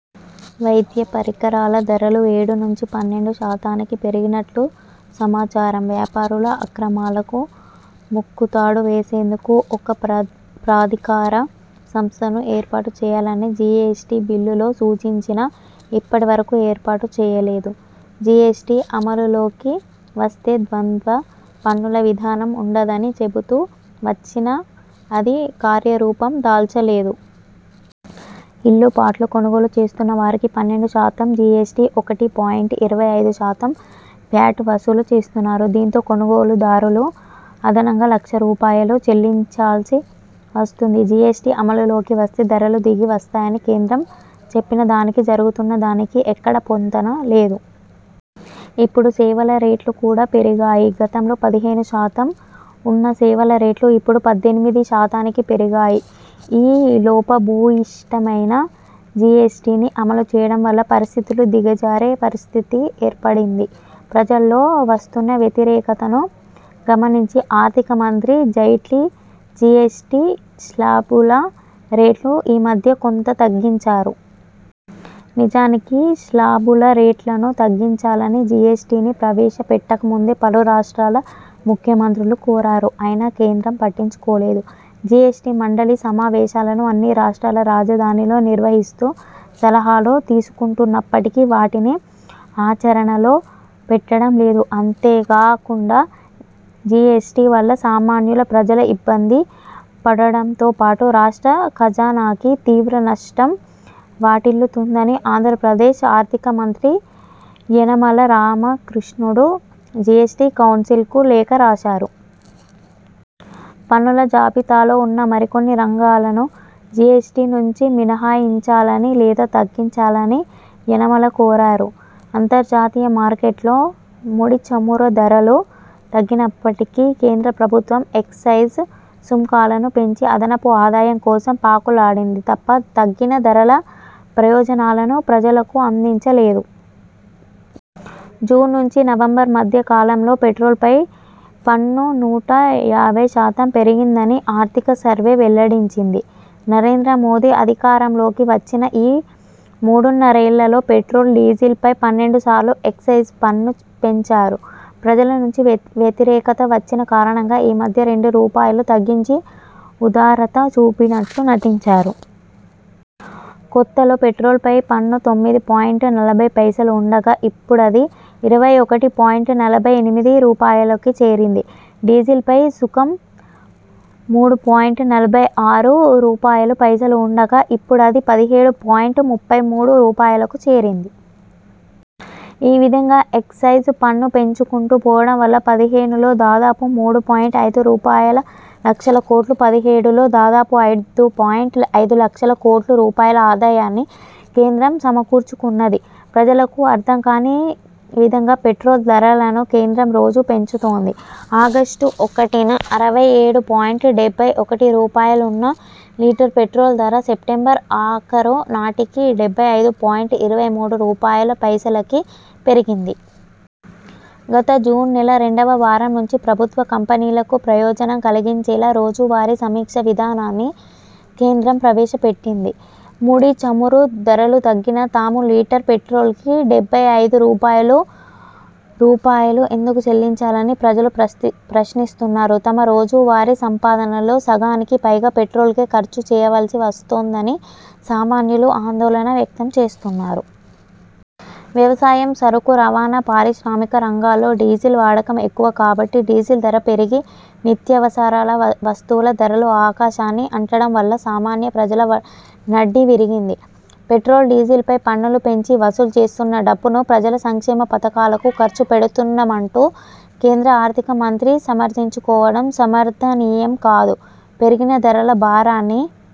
వైద్య పరికరాల ధరలు ఏడు నుంచి పన్నెండు శాతానికి పెరిగినట్లు సమాచారం. వ్యాపారుల అక్రమాలకు ముక్కుతాడు వేసేందుకు ఒక ప్రాధికార సంస్థను ఏర్పాటు చేయాలని జీఎస్టీ బిల్లులో సూచించినా ఇప్పటివరకు ఏర్పాటు చేయలేదు. జీఎస్టీ అమలులోకి వస్తే ద్వంద్వ పన్నుల విధానం ఉండదని చెబుతూ వచ్చినా అది కార్యరూపం దాల్చలేదు. ఇళ్లు, ప్లాట్లు కొనుగోలు చేస్తున్నవారికి పన్నెండు శాతం జీఎస్టీ, ఒకటి పాయింట్ ఇరవై ఐదు శాతం వ్యాట్ వసూలు చేస్తున్నారు. దీంతో కొనుగోలుదారులు అదనంగా లక్షల రూపాయలు చెల్లించాల్సి వస్తుంది. జీఎస్టీ అమలులోకి వస్తే ధరలు దిగి వస్తాయని కేంద్రం చెప్పినదానికి, జరుగుతున్న దానికి ఎక్కడా పొంతన లేదు. ఇప్పుడు సేవల రేట్లు కూడా పెరిగాయి. గతంలో పదిహేనుశాతం ఉన్న సేవల రేట్లు ఇప్పుడు పద్దెనిమిదిశాతానికి పెరిగాయి. ఈ లోపభూయిష్టమైన జీఎస్టీని అమలుచేయడం వల్ల పరిస్థితులు దిగజారే పరిస్థితి ఏర్పడింది. ప్రజల్లో వస్తున్న వ్యతిరేకతను గమనించి ఆర్థిక మంత్రి జైట్లీ జీఎస్టీ శ్లాబుల రేట్లు ఈమధ్య కొంత తగ్గించారు. నిజానికి శ్లాబుల రేట్లను తగ్గించాలని జీఎస్టీని ప్రవేశపెట్టకముందే పలు రాష్ట్రాల ముఖ్యమంత్రులు కోరారు. అయినా కేంద్రం పట్టించుకోలేదు. జీఎస్టీ మండలి సమావేశాలను అన్ని రాష్ట్రాల రాజధానిలో నిర్వహిస్తూ సలహాలు తీసుకుంటున్నప్పటికీ వాటిని ఆచరణలో పెట్టడంలేదు. అంతేగాకుండా జీఎస్టీ వల్ల సామాన్య ప్రజలు ఇబ్బంది పడటంతోపాటు రాష్ట్ర ఖజానాకి తీవ్ర నష్టం వాటిల్లుతుందని ఆంధ్రప్రదేశ్ ఆర్థికమంత్రి యనమల రామకృష్ణుడు జీఎస్టీ కౌన్సిల్ కు లేఖ రాశారు. పన్నుల జాబితాలో ఉన్న మరి కొన్ని రంగాలను జీఎస్టీ నుంచి మినహాయించాలని లేదా తగ్గించాలని యనమల కోరారు. అంతర్జాతీయ మార్కెట్లో ముడి చమురు ధరలు తగ్గినప్పటికీ కేంద్ర ప్రభుత్వం ఎక్సైజ్ సుంకాలను పెంచి అదనపు ఆదాయం కోసం పాకులాడింది తప్ప తగ్గిన ధరల ప్రయోజనాలను ప్రజలకు అందించ లేదు. జూన్ నుంచి నవంబర్ మధ్య కాలంలో పెట్రోల్ పై పన్ను నూట యాభైశాతం పెరిగిందని ఆర్థిక సర్వే వెల్లడించింది. నరేంద్ర మోదీ అధికారంలోకి వచ్చిన ఈ మూడున్నరేళ్లలో పెట్రోల్, డీజిల్ పై పన్నెండుసార్లు ఎక్సైజ్ పన్ను పెంచారు. ప్రజల నుంచి వ్యతిరేకత వచ్చిన కారణంగా ఈ మధ్య రెండు రూపాయలు తగ్గించి ఉదారత చూపినట్లు నటించారు. కొత్తలో పెట్రోల్ పై పన్ను తొమ్మిది పాయింట్ నలభైపైసలు ఉండగా ఇప్పుడది ఇరవై ఒకటి పాయింట్ నలభై ఎనిమిది రూపాయలుకి చేరింది. డీజిల్ పై సుంకం మూడు పాయింట్ నలభై ఆరు రూపాయలు పైసలు ఉండగా ఇప్పుడది పదిహేడు పాయింట్ ముప్పై మూడు రూపాయలుకి చేరింది. ఈ విధంగా ఎక్సైజ్ పన్ను పెంచుకుంటూ పోవడం వల్ల పదిహేనులో దాదాపు మూడు పాయింట్ ఐదు రూపాయలులక్షల కోట్లు, పదిహేడులో దాదాపు ఐదు పాయింట్ ఐదులక్షల కోట్ల రూపాయల ఆదాయాన్ని కేంద్రం సమకూర్చుకున్నది. ప్రజలకు అర్థంకాని విధంగా పెట్రోల్ ధరలను కేంద్రం రోజూ పెంచుతోంది. ఆగస్టు ఒకటిన అరవై ఏడు పాయింట్ డెబ్బై ఒకటి రూపాయలుఉన్న లీటర్ పెట్రోల్ ధర సెప్టెంబర్ ఆఖరు నాటికి డెబ్బై ఐదు పాయింట్ ఇరవై మూడు రూపాయలుపైసలకి పెరిగింది. గత జూన్ నెల రెండవ వారం నుంచి ప్రభుత్వ కంపెనీలకు ప్రయోజనం కలిగించేలా రోజువారీ సమీక్ష విధానాన్ని కేంద్రం ప్రవేశపెట్టింది. ముడి చమురు ధరలు తగ్గినా తాము లీటర్ పెట్రోల్కి డెబ్బై ఐదు రూపాయలు రూపాయలు ఎందుకు చెల్లించాలని ప్రజలు ప్రశ్నిస్తున్నారు. తమ రోజువారీ సంపాదనలో సగానికి పైగా పెట్రోల్కే ఖర్చు చేయవలసి వస్తోందని సామాన్యులు ఆందోళన వ్యక్తంచేస్తున్నారు. వ్యవసాయం, సరుకు రవాణా, పారిశ్రామిక రంగాల్లో డీజిల్ వాడకం ఎక్కువ కాబట్టి డీజిల్ ధర పెరిగి నిత్యావసర వస్తువుల ధరలు ఆకాశాన్ని అంటడం వల్ల సామాన్య ప్రజల నడ్డి విరిగింది. పెట్రోల్, డీజిల్ పై పన్నులు పెంచి వసూలు చేస్తున్న డబ్బును ప్రజల సంక్షేమ పథకాలకు ఖర్చు పెడుతున్నామంటూ కేంద్ర ఆర్థిక మంత్రి సమర్థించుకోవడం సమర్థనీయం కాదు. పెరిగిన ధరల భారాన్ని